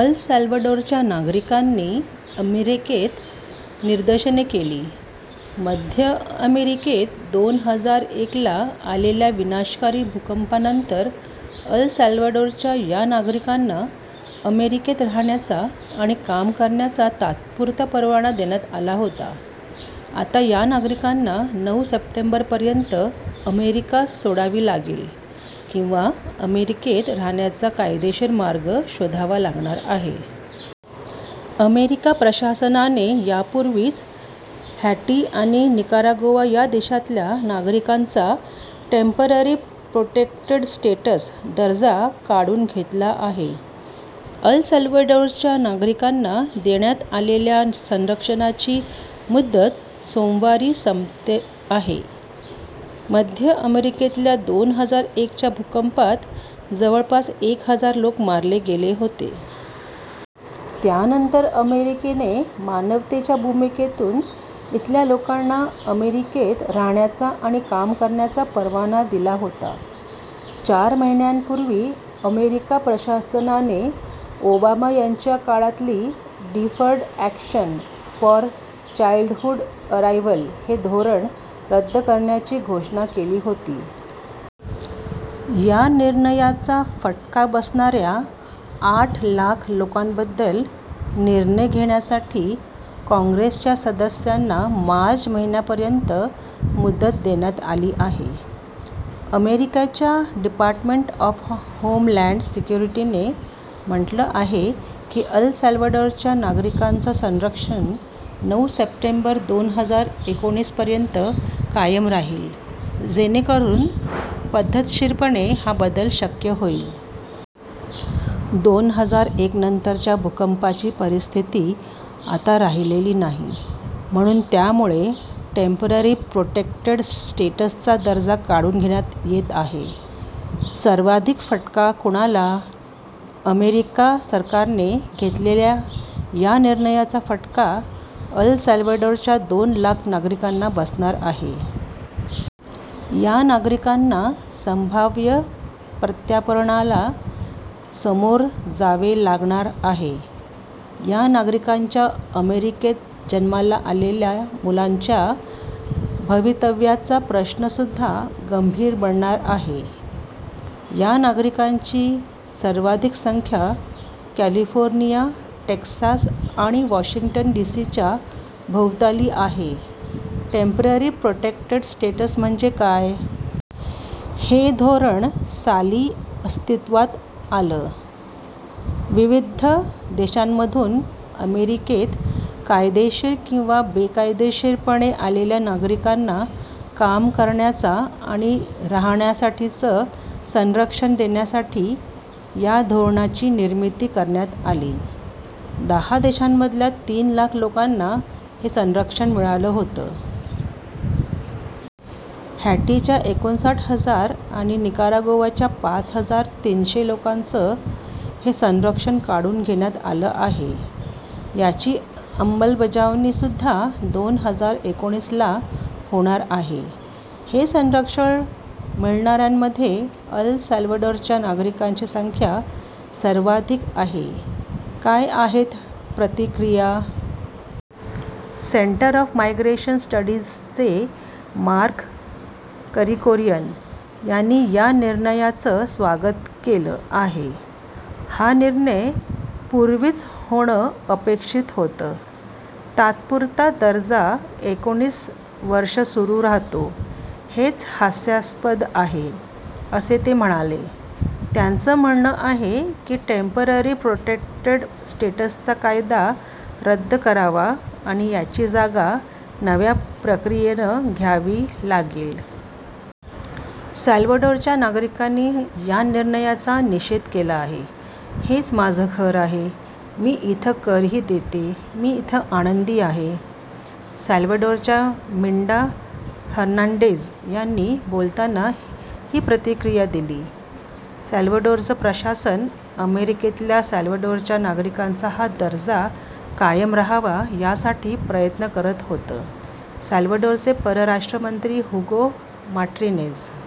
अल सॅल्वडोरच्या नागरिकांनी अमेरिकेत निदर्शने केली. मध्य अमेरिकेत दोन हजार एक ला आलेल्या विनाशकारी भूकंपानंतर अल सॅल्वडोरच्या या नागरिकांना अमेरिकेत राहण्याचा आणि काम करण्याचा तात्पुरता परवाना देण्यात आला होता. आता या नागरिकांना नऊ सप्टेंबर पर्यंत अमेरिका सोडावी लागेल किंवा अमेरिकेत राहण्याचा कायदेशीर मार्ग शोधावा लागणार आहे. अमेरिका प्रशासनाने यापूर्वीच हैटी आणि निकरागौवा या देशातल्या नागरिकांचा टेंपररी प्रोटेक्टेड स्टेटस दर्जा काढून घेतला आहे. अल सॅल्वडोरच्या नागरिकांना देण्यात आलेल्या संरक्षणाची मुदत सोमवारी संपत आहे. मध्य अमेरिकेतल्या दोन हजार एक च्या भूकंपात जवळपास एक हजार लोक मारले गेले होते. त्यानंतर अमेरिकेने मानवतेच्या भूमिकेतून इथल्या लोकांना अमेरिकेत राहण्याचा आणि काम करण्याचा परवाना दिला होता. चार महिन्यांपूर्वी अमेरिका प्रशासनाने ओबामा यांच्या काळातली deferred action for childhood arrival हे धोरण रद्द करण्याची घोषणा केली होती. या निर्णयाचा फटका बसणाऱ्या आठ लाख लोकांबद्दल निर्णय घेण्यासाठी काँग्रेसच्या सदस्यांना मार्च महिन्यापर्यंत मुदत देण्यात आली आहे. अमेरिकेच्या डिपार्टमेंट ऑफ होमलॅंड सिक्युरिटीने म्हटलं आहे की अल सॅल्वडोरच्या नागरिकांचं संरक्षण नऊ सप्टेंबर दोन हजार एकोणीसपर्यंत कायम राहील जेणेकरून पद्धतशीरपणे हा बदल शक्य होईल. दोन हजार एक नंतरच्या भूकंपाची परिस्थिती आता राहिलेली नाही. म्हणून त्यामुळे टेंपररी प्रोटेक्टेड स्टेटसचा दर्जा काढून घेण्यात येत आहे. सर्वाधिक फटका कुणाला? अमेरिका सरकारने घेतलेल्या या निर्णयाचा फटका अल सॅल्वडोरच्या दोन लाख नागरिकांना बसणार आहे. या नागरिकांना संभाव्य प्रत्यार्पणाला समोर जावे लागणार आहे. या नागरिकांच्या अमेरिकेत जन्माला आलेल्या मुलांच्या भवितव्याचा प्रश्नसुद्धा गंभीर बनणार आहे. या नागरिकांची सर्वाधिक संख्या कॅलिफोर्निया, टेक्सास आणि वॉशिंग्टन डीसीच्या भोवताली आहे. टेंपररी प्रोटेक्टेड स्टेटस म्हणजे काय? हे धोरण साली अस्तित्वात आलं. विविध देशांमधून अमेरिकेत कायदेशीर किंवा बेकायेदशीरपणे आलेल्या नागरिकांना काम करण्याचा आणि राहाण्यासाठीचं संरक्षण देण्यासाठी या धोरणाची निर्मिती करण्यात आली. दहा देशांमधल्या तीन लाख लोकांना हे संरक्षण मिळालं होतं. हैटीच्या एकोणसाठ हजार आणि निकरागौवाच्या पाच हजार तीनशे लोकांचं हे संरक्षण काढून घेण्यात आलं आहे. याची अंमलबजावणीसुद्धा दोन हजार एकोणीसला होणार आहे. हे संरक्षण मिळाणाऱ्यांमध्ये अल सॅल्वडोरच्या नागरिकांची संख्या सर्वाधिक आहे. काय आहेत प्रतिक्रिया? सेंटर ऑफ मायग्रेशन स्टडीजचे मार्क करिकोरियन यांनी या निर्णयाचं स्वागत केलं आहे. हा निर्णय पूर्वीच होणं अपेक्षित होतं. तात्पुरता दर्जा एकोणीस वर्षं सुरू राहतो, हेच हास्यास्पद आहे, असे ते म्हणाले. त्यांचं म्हणणं आहे की टेंपररी प्रोटेक्टेड स्टेटसचा कायदा रद्द करावा आणि याची जागा नव्या प्रक्रियेनं घ्यावी लागेल. सॅल्वडोरच्या नागरिकांनी या निर्णयाचा निषेध केला आहे. हेच माझं घर आहे. मी इथं कर ही देते. मी इथं आनंदी आहे, सॅल्वडोरच्या मिंडा हर्नांडेज यांनी बोलताना ही प्रतिक्रिया दिली. सॅल्वडोरचं प्रशासन अमेरिकेतल्या सॅल्वडोरच्या नागरिकांचा हा दर्जा कायम राहावा, यासाठी प्रयत्न करत होतं. सॅल्वडोरचे परराष्ट्र मंत्री हुगो माट्रिनेज